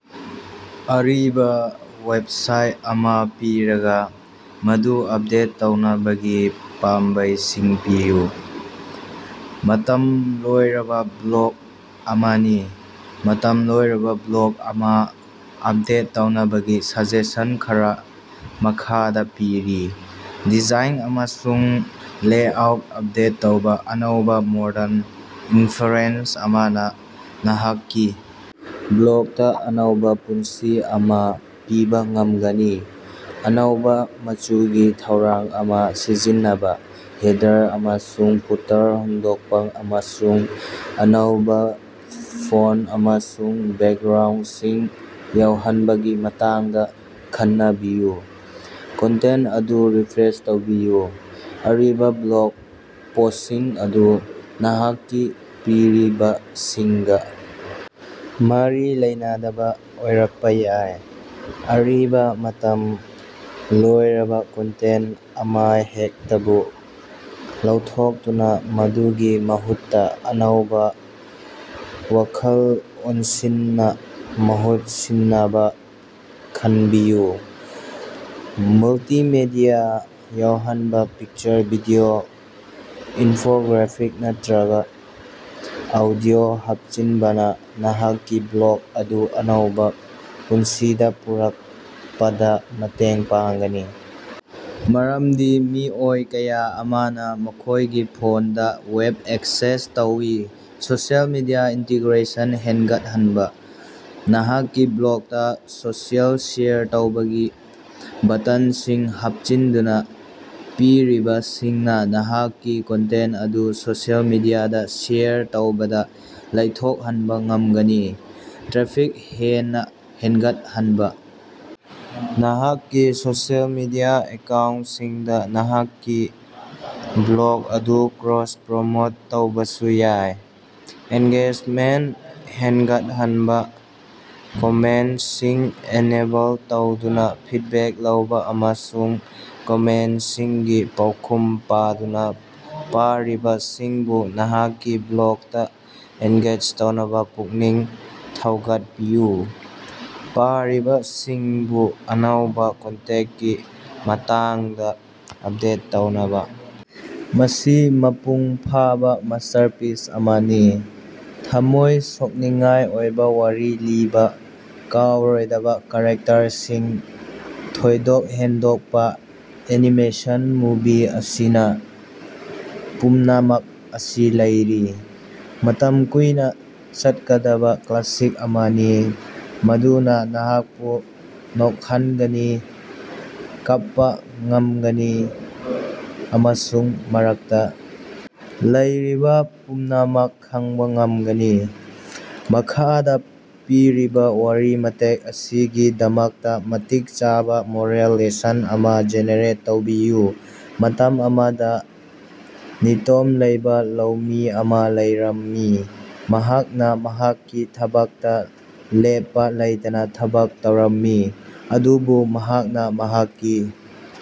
ꯑꯔꯤꯕꯥ ꯋꯦꯕꯁꯥꯏꯠ ꯑꯃꯥ ꯄꯤꯔꯒꯥ, ꯃꯗꯨ ꯑꯞꯗꯦꯠ ꯇꯧꯅꯕꯒꯤ ꯄꯥꯝꯕꯩꯁꯤꯡ ꯄꯤꯌꯨ꯫ ꯃꯇꯝ ꯂꯣꯏꯔꯕꯥ ꯕ꯭ꯂꯣꯛ ꯑꯃꯅꯤ꯫ ꯃꯇꯝ ꯂꯣꯏꯔꯕꯥ ꯕ꯭ꯂꯣꯛ ꯑꯃꯥ ꯑꯞꯗꯦꯠ ꯇꯧꯅꯕꯒꯤ ꯁꯖꯦꯁꯟ ꯈꯔꯥ ꯃꯈꯥꯗꯥ ꯄꯤꯔꯤ: ꯗꯤꯖꯥꯏꯟ ꯑꯃꯁꯨꯡ ꯂꯦꯑꯥꯎꯠ ꯑꯞꯗꯦꯠ ꯇꯧꯕꯥ: ꯑꯅꯧꯕꯥ, ꯃꯣꯔꯗꯟ ꯏꯟꯐꯔꯦꯁ ꯑꯃꯅꯥ ꯅꯍꯥꯛꯀꯤ ꯕ꯭ꯂꯣꯛꯇꯥ ꯑꯅꯧꯕꯥ ꯄꯨꯟꯁꯤ ꯑꯃꯥ ꯄꯤꯕꯥ ꯉꯝꯒꯅꯤ꯫ ꯑꯅꯧꯕꯥ ꯃꯆꯨꯒꯤ ꯊꯧꯔꯥꯡ ꯑꯃꯥ ꯁꯤꯖꯤꯟꯅꯅꯕꯥ, ꯍꯦꯗꯔ ꯑꯃꯁꯨꯡ ꯐꯨꯇꯔ ꯍꯣꯡꯗꯣꯛꯄꯥ ꯑꯃꯁꯨꯡ ꯑꯅꯧꯕꯥ ꯐꯣꯟ ꯑꯃꯁꯨꯡ ꯕꯦꯛꯒ꯭ꯔꯥꯎꯟꯗꯁꯤꯡ ꯌꯥꯎꯍꯟꯕꯒꯤ ꯃꯇꯥꯡꯗꯥ ꯈꯟꯅꯕꯤꯌꯨ꯫ ꯀꯟꯇꯦꯟ ꯑꯗꯨ ꯔꯤꯐ꯭ꯔꯦꯁ ꯇꯧꯕꯤꯌꯨ: ꯑꯔꯤꯕꯥ ꯕ꯭ꯂꯣꯛ ꯄꯣꯁꯁꯤꯡ ꯑꯗꯨ ꯅꯍꯥꯛꯀꯤ ꯄꯤꯔꯤꯕꯁꯤꯡꯒꯥ ꯃꯔꯤ ꯂꯩꯅꯗꯕꯥ ꯑꯣꯏꯔꯛꯄꯥ ꯌꯥꯏ꯫ ꯑꯔꯤꯕꯥ, ꯃꯇꯝ ꯂꯣꯏꯔꯕꯥ ꯀꯟꯇꯦꯟ ꯑꯃꯍꯦꯛꯇꯕꯨ ꯂꯧꯊꯣꯛꯇꯨꯅꯥ ꯃꯗꯨꯒꯤ ꯃꯍꯨꯠꯇꯥ ꯑꯅꯧꯕꯥ ꯋꯥꯈꯜꯂꯣꯟꯁꯤꯡꯅꯥ ꯃꯍꯨꯠ ꯁꯤꯟꯅꯕꯥ ꯈꯟꯅꯕꯤꯌꯨ꯫ ꯃꯜꯇꯤꯃꯦꯗꯤꯌꯥ ꯌꯥꯎꯍꯟꯕꯥ: ꯄꯤꯛꯆꯔ, ꯚꯤꯗꯤꯑꯣ, ꯏꯟꯐꯣꯒ꯭ꯔꯥꯐꯤꯛ ꯅꯠꯇ꯭ꯔꯒꯥ ꯑꯣꯗꯤꯑꯣ ꯍꯥꯞꯆꯤꯟꯕꯅꯥ ꯅꯍꯥꯛꯀꯤ ꯕ꯭ꯂꯣꯒ ꯑꯗꯨ ꯑꯅꯧꯕꯥ ꯄꯨꯟꯁꯤꯗꯥ ꯄꯨꯔꯛꯄꯗꯥ ꯃꯇꯦꯡ ꯄꯥꯡꯒꯅꯤ ꯃꯔꯝꯗꯤ ꯃꯤꯑꯣꯏ ꯀꯌꯥ ꯑꯃꯅꯥ ꯃꯈꯣꯏꯒꯤ ꯐꯣꯟꯗꯥ ꯋꯦꯕ ꯑꯦꯛꯁꯦꯁ ꯇꯧꯏ꯫ ꯁꯣꯁꯤꯑꯦꯜ ꯃꯤꯗꯤꯌꯥ ꯏꯟꯇꯤꯒ꯭ꯔꯦꯁꯟ ꯍꯦꯟꯒꯠꯍꯟꯕꯥ: ꯅꯍꯥꯛꯀꯤ ꯕ꯭ꯂꯣꯛꯇꯥ ꯁꯣꯁꯤꯑꯦꯜ ꯁꯦꯌꯔ ꯇꯧꯕꯒꯤ ꯕꯇꯟꯁꯤꯡ ꯍꯥꯞꯆꯤꯟꯗꯨꯅꯥ ꯄꯤꯔꯤꯕꯁꯤꯡꯅꯥ ꯅꯍꯥꯛꯀꯤ ꯀꯟꯇꯦꯟ ꯑꯗꯨ ꯁꯣꯁꯤꯑꯦꯜ ꯃꯤꯗꯤꯌꯥꯗꯥ ꯁꯦꯌꯔ ꯇꯧꯕꯗꯥ ꯂꯥꯏꯊꯣꯛꯍꯟꯕꯥ ꯉꯝꯒꯅꯤ꯫ ꯇ꯭ꯔꯥꯐꯤꯛ ꯍꯦꯟꯅꯥ ꯍꯦꯟꯒꯠꯍꯟꯕꯥ ꯅꯍꯥꯛꯀꯤ ꯁꯣꯁꯤꯑꯦꯜ ꯃꯤꯗꯤꯌꯥ ꯑꯦꯀꯥꯎꯟꯁꯤꯡꯗꯥ ꯅꯍꯥꯛꯀꯤ ꯕ꯭ꯂꯣꯛ ꯑꯗꯨ ꯀ꯭ꯔꯣꯁ-ꯄ꯭ꯔꯣꯃꯣꯠ ꯇꯧꯕꯁꯨ ꯌꯥꯏ꯫ꯑꯦꯡꯒꯦꯖꯃꯦꯟꯠ ꯍꯦꯟꯒꯠꯍꯟꯕꯥ: ꯀꯃꯦꯟꯁꯤꯡ ꯏꯅꯦꯕꯜ ꯇꯧꯗꯨꯅꯥ, ꯐꯤꯠꯕꯦꯛ ꯂꯧꯕꯥ ꯑꯃꯁꯨꯡ ꯀꯃꯦꯟꯁꯤꯡꯒꯤ ꯄꯥꯎꯈꯨꯝ ꯄꯤꯗꯨꯅꯥ ꯄꯥꯔꯤꯕꯁꯤꯡꯕꯨ ꯅꯍꯥꯛꯀꯤ ꯕ꯭ꯂꯣꯛꯇꯥ ꯑꯦꯡꯒꯦꯖ ꯇꯧꯅꯕꯥ ꯄꯨꯛꯅꯤꯡ ꯊꯧꯒꯠꯄꯤꯌꯨ꯫ ꯄꯥꯔꯤꯕꯁꯤꯡꯕꯨ ꯑꯅꯧꯕꯥ ꯀꯟꯇꯦꯟꯀꯤ ꯃꯇꯥꯡꯗꯥ ꯑꯞꯗꯦꯠ ꯇꯧꯅꯕꯥ ꯃꯁꯤ ꯃꯄꯨꯡ ꯐꯥꯕ ꯃꯥꯁ꯭ꯇꯔꯄꯤꯁ ꯑꯃꯅꯤ꯫ ꯊꯝꯃꯣꯏ ꯁꯣꯛꯅꯤꯡꯉꯥꯏ ꯑꯣꯏꯕꯥ ꯋꯥꯔꯤ ꯂꯤꯕꯥ, ꯀꯥꯎꯔꯣꯏꯗꯕꯥ ꯀꯥꯔꯦꯛꯇꯔꯁꯤꯡ, ꯊꯣꯏꯗꯣꯛ ꯍꯦꯟꯗꯣꯛꯄꯥ ꯑꯦꯅꯤꯃꯦꯁꯟ – ꯃꯨꯚꯤ ꯑꯁꯤꯅꯥ ꯄꯨꯝꯅꯃꯛ ꯑꯁꯤ ꯂꯩꯔꯤ꯫ ꯃꯇꯝ ꯀꯨꯏꯅꯥ ꯆꯠꯀꯗꯕꯥ ꯀ꯭ꯂꯥꯁꯤꯛ ꯑꯃꯅꯤ ꯃꯗꯨꯅꯥ ꯅꯍꯥꯛꯄꯨ ꯅꯣꯛꯍꯟꯒꯅꯤ, ꯀꯞꯄꯥ ꯉꯝꯒꯅꯤ ꯑꯃꯁꯨꯡ ꯃꯔꯛꯇꯥ ꯂꯩꯔꯤꯕꯥ ꯄꯨꯝꯅꯃꯛ ꯈꯪꯕ ꯉꯝꯒꯅꯤ꯫ ꯃꯈꯥꯗꯥ ꯄꯤꯔꯤꯕꯥ ꯋꯥꯔꯤ ꯃꯇꯦꯛ ꯑꯁꯤꯒꯤꯗꯃꯛꯇꯥ ꯃꯇꯤꯛ ꯆꯥꯕꯥ ꯃꯣꯔꯦꯜ ꯂꯦꯁꯟ ꯑꯃꯥ ꯖꯦꯅꯦꯔꯦꯠ ꯇꯧꯕꯤꯌꯨ꯫ ꯃꯇꯝ ꯑꯃꯗꯥ ꯅꯤꯇꯣꯝ ꯂꯩꯕꯥ ꯂꯧꯃꯤ ꯑꯃꯥ ꯂꯩꯔꯝꯃꯤ, ꯃꯍꯥꯛꯅꯥ ꯃꯍꯥꯛꯀꯤ ꯊꯕꯛꯇꯥ ꯂꯦꯞꯄꯥ ꯂꯩꯇꯅꯥ ꯊꯕꯛ ꯇꯧꯔꯝꯃꯤ꯫ ꯑꯗꯨꯕꯨ ꯃꯍꯥꯛꯅꯥ ꯃꯍꯥꯛꯀꯤ